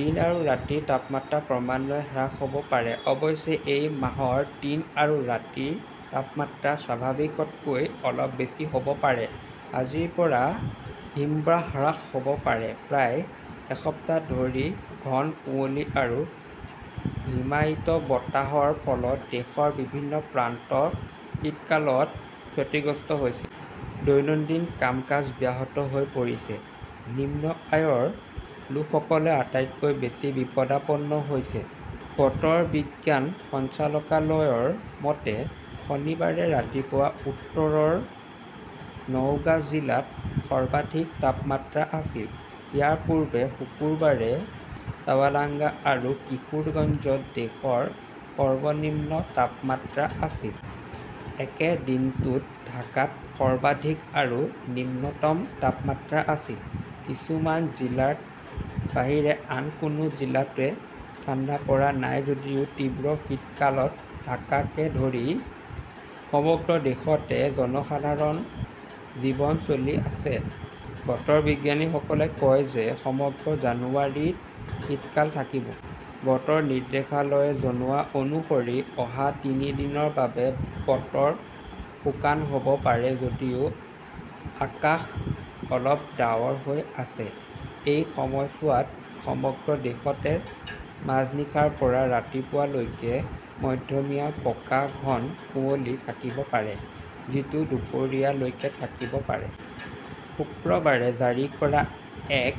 দিন আৰু ৰাতিৰ তাপমাত্ৰা ক্ৰমান্বয়ে হ্ৰাস হ'ব পাৰে। অৱশ্যে, এই মাহত দিন আৰু ৰাতিৰ তাপমাত্ৰা স্বাভাৱিকতকৈ অলপ বেছি হ'ব পাৰে। আজিৰ পৰা হিমবাহ হ্ৰাস হ'ব পাৰে। প্ৰায় এসপ্তাহ ধৰি ঘন কুঁৱলী আৰু হিমায়িত বতাহৰ ফলত দেশৰ বিভিন্ন প্ৰান্ত শীতকালত ক্ষতিগ্ৰস্ত হৈছে। দৈনন্দিন কাম-কাজ ব্যাহত হৈ পৰিছে। নিম্ন আয়ৰ লোকসকল আটাইতকৈ বেছি বিপদাপন্ন হৈছে। বতৰ বিজ্ঞান সঞ্চালকালয়ৰ মতে, শনিবাৰে ৰাতিপুৱা উত্তৰৰ নওগাঁ জিলাত সৰ্বনিম্ন তাপমাত্ৰা আছিল। ইয়াৰ পূৰ্বে শুক্ৰবাৰে চুৱাডাঙ্গা আৰু কিশোৰগঞ্জত দেশৰ সৰ্বনিম্ন তাপমাত্ৰা আছিল। একে দিনটোত ঢাকাত সৰ্বাধিক আৰু নিম্নতম তাপমাত্ৰা আছিল। কিছুমান জিলাৰ বাহিৰে আন কোনো জিলাতে ঠাণ্ডা পৰা নাই যদিও তীব্ৰ শীতকালত ঢাকাকে ধৰি সমগ্ৰ দেশতে জনসাধাৰণৰ জীৱন চলি আছে। বতৰ বিজ্ঞানীসকলে কয় যে, সমগ্ৰ জানুৱাৰীত শীতকাল থাকিব। বতৰ নিৰ্দেশালয়ে জনোৱা অনুসৰি অহা তিনি দিনৰ বাবে বতৰ শুকান হ'ব পাৰে যদিও আকাশ অলপ ডাৱৰ হৈ আছে। এই সময়ছোৱাত সমগ্ৰ দেশতে মাজনিশাৰ পৰা ৰাতিপুৱা লৈকে মধ্যমীয়াৰ পৰা ঘন কুঁৱলী থাকিব পাৰে, যিটো দুপৰীয়া লৈকে থাকিব পাৰে। শুক্ৰবাৰে জাৰি কৰা এক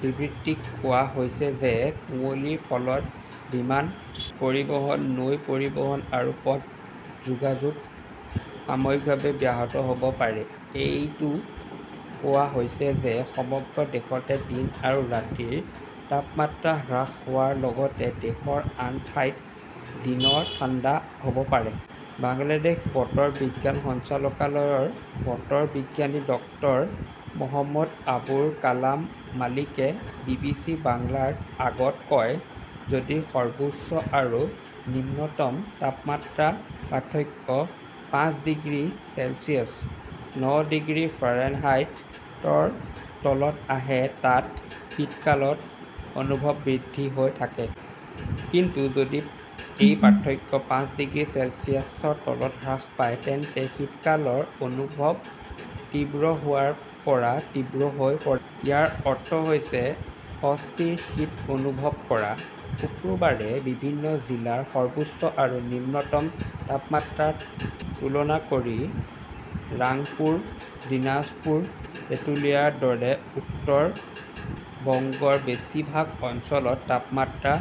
বিবৃতিত কোৱা হৈছে যে, কুঁৱলীৰ ফলত বিমান পৰিবহণ, নৌ পৰিবহণ আৰু পথ যোগাযোগ সাময়িকভাৱে ব্যাহত হ'ব পাৰে। এইটোও কোৱা হৈছে যে সমগ্ৰ দেশতে দিন আৰু ৰাতিৰ তাপমাত্ৰা হ্ৰাস হোৱাৰ লগতে দেশৰ আন ঠাইত দিনত ঠাণ্ডা হ'ব পাৰে। বাংলাদেশ বতৰ বিজ্ঞান সঞ্চালকালয়ৰ বতৰ বিজ্ঞানী ডাঃ মহম্মদ আবুল কালাম মালিকে বি. বি. চি. বাংলাৰ আগত কয়, "যদি সৰ্বোচ্চ আৰু নিম্নতম তাপমাত্ৰাৰ পাৰ্থক্য পাঁচ ডিগ্ৰী চেলছিয়াছ (ন' ডিগ্ৰী ফাৰেনহাইট)ৰ তলত আহে, তাত শীতকালৰ অনুভৱ বৃদ্ধি হৈ থাকে।" কিন্তু যদি এই পাৰ্থক্য পাঁচ ডিগ্ৰী চেলছিয়াছৰ তলত হ্ৰাস পায়, তেন্তে শীতকালৰ অনুভৱ তীব্ৰ হোৱাৰ পৰা তীব্ৰ হৈ পৰে। ইয়াৰ অৰ্থ হৈছে অস্থিৰ শীত অনুভৱ কৰা। শুক্ৰবাৰে বিভিন্ন জিলাৰ সৰ্বোচ্চ আৰু নিম্নতম তাপমাত্ৰাৰ তুলনা কৰি ৰাংপুৰ, দিনাজপুৰ, তেটুলিয়াৰ দৰে উত্তৰ বংগৰ বেছিভাগ অঞ্চলত তাপমাত্ৰাৰ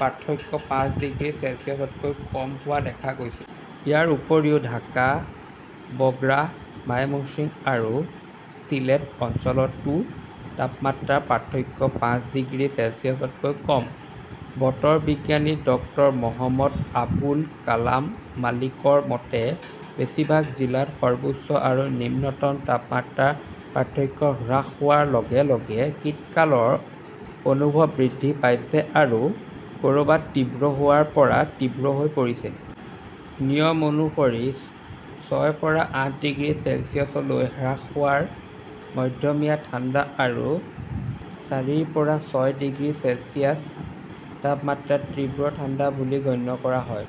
পাৰ্থক্য পাঁচ ডিগ্ৰী চেলছিয়াছতকৈ কম হোৱা দেখা গৈছিল। ইয়াৰ উপৰিও ঢাকা, বগ্ৰা, মাইমশ্বিং আৰু চিলেট অঞ্চলতো তাপমাত্ৰাৰ পাৰ্থক্য পাঁচ ডিগ্ৰী চেলছিয়াছতকৈ কম। বতৰ বিজ্ঞানী ডাঃ মহম্মদ আবুল কালাম মল্লিকৰ মতে, বেছিভাগ জিলাত সৰ্বোচ্চ আৰু নিম্নতম তাপমাত্ৰাৰ পাৰ্থক্য হ্ৰাস হোৱাৰ লগে লগে শীতকালৰ অনুভৱ বৃদ্ধি পাইছে আৰু ক'ৰবাত তীব্ৰ হোৱাৰ পৰা তীব্ৰ হৈ পৰিছে। নিয়ম অনুসৰি, ছয়ৰ পৰা আঠ ডিগ্ৰী চেলছিয়াছলৈ হ্ৰাস হোৱাত মধ্যমীয়া ঠাণ্ডা আৰু চাৰিৰ পৰা ছয় ডিগ্ৰী চেলছিয়াছ তাপমাত্ৰাত তীব্ৰ ঠাণ্ডা বুলি গণ্য কৰা হয়।